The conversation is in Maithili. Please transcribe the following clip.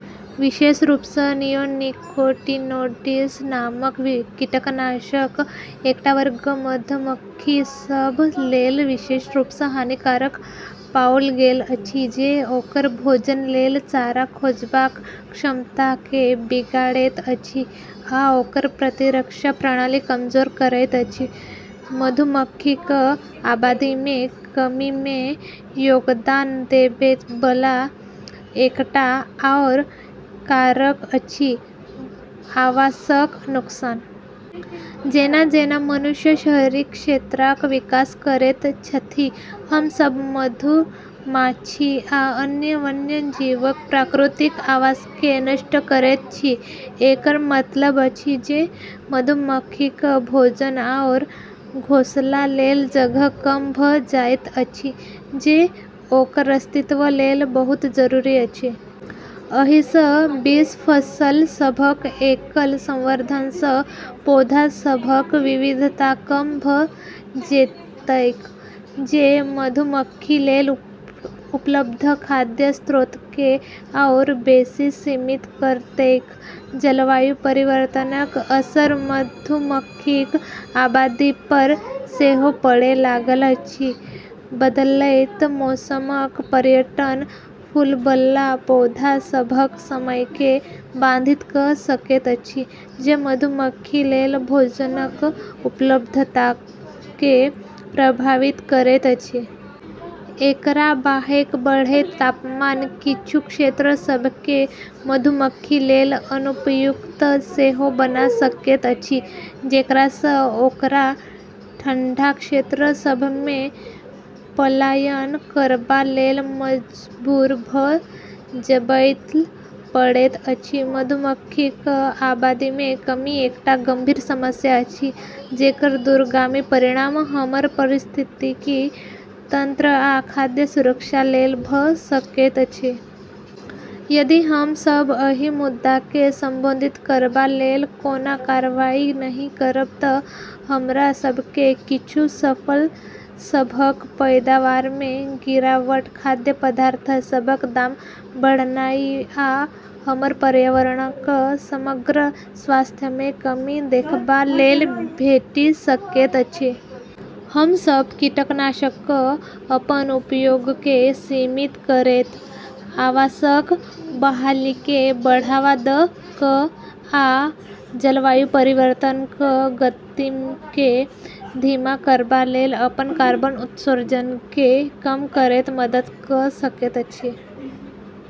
विशेष रूपसँ नियोनिकोटिनोइड्स नामक कीटनाशकक एकटा वर्ग मधुमक्खी सभ लेल विशेष रूपसँ हानिकारक पाओल गेल अछि, जे ओकर भोजन लेल चारा खोजबाक क्षमताकेँ बिगाड़ैत अछि आ ओकर प्रतिरक्षा प्रणाली कमजोर करैत अछि। मधुमक्खीक आबादीमे कमीमे योगदान देबैबला एकटा आओर कारक अछि आवासक नुकसान। जेना-जेना मनुष्य शहरी क्षेत्रक विकास करैत छथि, हम सभ मधुमाछी आ अन्य वन्यजीवक प्राकृतिक आवासकेँ नष्ट करैत छी। एकर मतलब अछि जे मधुमक्खीक भोजन आओर घोंसला लेल जगह कम भऽ जाइत अछि, जे ओकर अस्तित्व लेल बहुत जरूरी अछि। एहिसँ बेसी फसल सभक एकल संवर्धनसँ पौधा सभक विविधता कम भऽ जेतैक, जे मधुमक्खी लेल उपलब्ध खाद्य स्रोतकेँ आओर बेसी सीमित करतैक। जलवायु परिवर्तनक असर मधुमक्खीक आबादी पर सेहो पड़ै लागल अछि। बदलैत मौसमक पैटर्न फूलबला पौधा सभक समयकेँ बाधित कऽ सकैत अछि, जे मधुमक्खी लेल भोजनक उपलब्धताकेँ प्रभावित करैत अछि। एकरा बाहेक बढ़ैत तापमान किछु क्षेत्र सभकेँ मधुमक्खी लेल अनुपयुक्त सेहो बना सकैत अछि, जेकरासँ ओकरा ठंढा क्षेत्र सभमे पलायन करबा लेल मजबूर भऽ जेबैल पड़ैत अछि। मधुमक्खीक आबादीमे कमी एकटा गंभीर समस्या अछि जेकर दूरगामी परिणाम हमर पारिस्थितिकी तंत्र आ खाद्य सुरक्षा लेल भऽ सकैत अछि। यदि हम सभ एहि मुद्दाकेँ संबोधित करबा लेल कोनो कार्रवाई नहि करब तँ हमरा सभकेँ किछु फसल सभक पैदावारमे गिरावट, खाद्य पदार्थ सभक दाम बढ़नाइ, आ हमर पर्यावरणक समग्र स्वास्थ्यमे कमी देखबा लेल भेटि सकैत अछि। हम सभ कीटनाशकक अपन उपयोगकेँ सीमित करैत, आवासक बहालीकेँ बढ़ावा दऽ कऽ, आ जलवायु परिवर्तनक गतिकेँ धीमा करबा लेल अपन कार्बन उत्सर्जनकेँ कम करैत मदद कऽ सकैत छी।